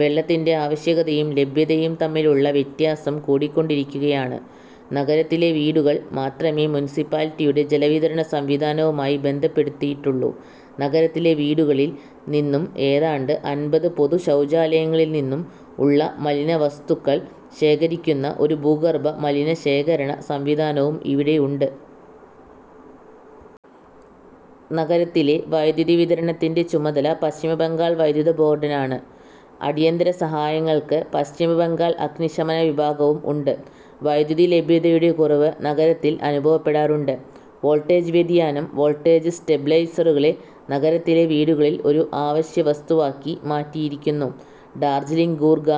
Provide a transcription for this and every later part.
വെള്ളത്തിന്റെ ആവശ്യകതയും ലഭ്യതയും തമ്മിലിലുള്ള വ്യത്യാസം കൂടികൊണ്ടിരിക്കുക ആണ്. നഗരത്തിലെ വീടുകൾ മാത്രമേ മുൻസിപ്പാലിറ്റിയുടെ ജല വിതരണ സംവിധാനവുമായി ബന്ധപ്പെടുത്തിയിട്ടുള്ളൂ. നഗരത്തിലെ വീടകളിൽ നിന്നും ഏതാണ്ട് അൻപത് പൊതു ശൌചാലയങ്ങളിൽ നിന്നും ഉള്ള മലിന വസ്തുക്കൾ ശേഖരിക്കുന്ന ഒരു ഭൂഗർഭ മലിന ശേഖരണ സംവിധാനവും ഇവിടെ ഉണ്ട്. നഗരത്തിലെ വൈദ്യുതി വിതരണത്തിന്റെ ചുമതല പശ്ചിമ ബംഗാൾ വൈദ്യുതി ബോർഡിനാണ്. അടിയന്തര സഹായങ്ങൾക്ക് പശ്ചിമ ബംഗാൾ അഗ്നി ശമന വിഭാഗവും ഉണ്ട്. വൈദ്യുതി ലഭ്യതയുടെ കുറവ് നഗരത്തിൽ അനുഭവപ്പെടാറുണ്ട്. വോൾട്ടേജ് വ്യതിയാനം വോൾട്ടേജ് സ്റ്റെബ് ലൈസറുകളെ നഗരത്തിലെ വീടുകളിൽ ഒരു ആവശ്യ വസ്തുവാക്കി മാറ്റിയിരിക്കുന്നു. Darjeeling Gorkha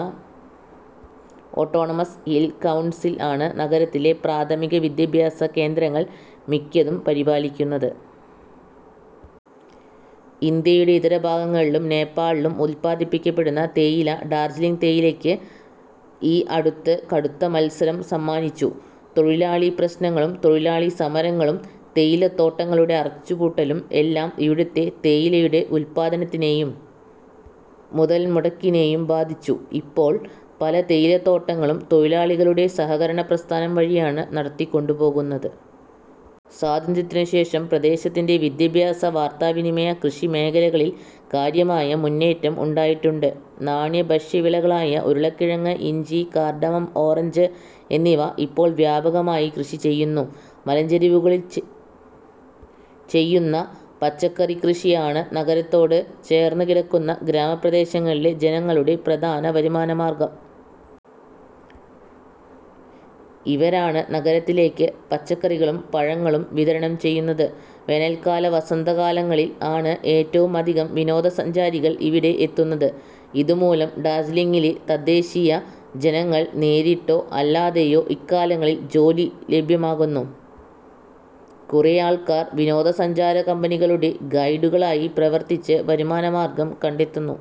autonomous hill council ആണ് നഗരത്തിലെ പ്രാഥമിക വിദ്യാഭ്യാസ കേന്ദ്രങ്ങൾ മിക്കതും പരിപാലിക്കുന്നത്. ഇന്ത്യയുടെ ഇതരഭാഗങ്ങളിലും നേപ്പാളിലും ഉല്പാദിപ്പിക്കപ്പെടുന്ന തേയില ഡാർജീലിംഗ് തേയിലയ്ക്ക് ഈ അടുത്ത് കടുത്ത മത്സരം സമ്മാനിച്ചു. തൊഴിലാളി പ്രശ്നങ്ങളും, തൊഴിലാളി സമരങ്ങളും, തേയിലത്തോട്ടങ്ങളുടെ അടച്ചുപൂട്ടലും എല്ലാം ഇവിടുത്തെ തേയിലയുടെ ഉത്പാദനത്തിനെയും മുതൽമുടക്കിനേയും ബാധിച്ചു. ഇപ്പോൾ പല തേയിലത്തോട്ടങ്ങളും തൊഴിലാളികളുടെ സഹകരണ പ്രസ്ഥാനം വഴി ആണ് നടത്തികൊണ്ടുപോകുന്നത്. സ്വാതന്ത്രത്തിനു ശേഷം പ്രദേശത്തിന്റെ വിദ്യാഭ്യാസ, വാർത്താവിനിമയ, കൃഷി മേഖലകളിൽ കാര്യമായ മുന്നേറ്റം ഉണ്ടായിട്ടുണ്ട്. നാണ്യ/ഭക്ഷ്യ വിളകളായ ഉരുളക്കിഴങ്ങ്, ഇഞ്ചി, കാർഡമം, ഓറഞ്ച് എന്നിവ ഇപ്പോൾ വ്യാപകമായി കൃഷി ചെയ്യുന്നു. മലഞ്ചെരിവുകളിൽ ചെയ്യുന്ന പച്ചക്കറി കൃഷി ആണ് നഗരത്തോട് ചേർന്ന് കിടക്കുന്ന ഗ്രാമപ്രദേശങ്ങളിലെ ജനങ്ങളുടെ പ്രധാന വരുമാന മാർഗ്ഗം. ഇവരാണ് നഗരത്തിലേക്ക് പച്ചക്കറികളും പഴങ്ങളും വിതരണം ചെയ്യുന്നത്. വേനൽക്കാല വസന്തകാലങ്ങളിൽ ആണ് ഏറ്റവും അധികം വിനോദ സഞ്ചാരികൾ ഇവിടെ എത്തുന്നത്. ഇതു മൂലം ഡാർജീലിംഗിലെ തദേശ്ശീയ ജനങ്ങൾ നേരിട്ടോ അല്ലാതെയോ ഇക്കാലങ്ങളിൽ ജോലി ലഭ്യമാകുന്നു. കുറേ ആൾക്കാർ വിനോദസഞ്ചാര കമ്പനികളുടെ ഗൈഡുകൾ ആയി പ്രവർത്തിച്ച് വരുമാന മാർഗ്ഗം കണ്ടെത്തുന്നു.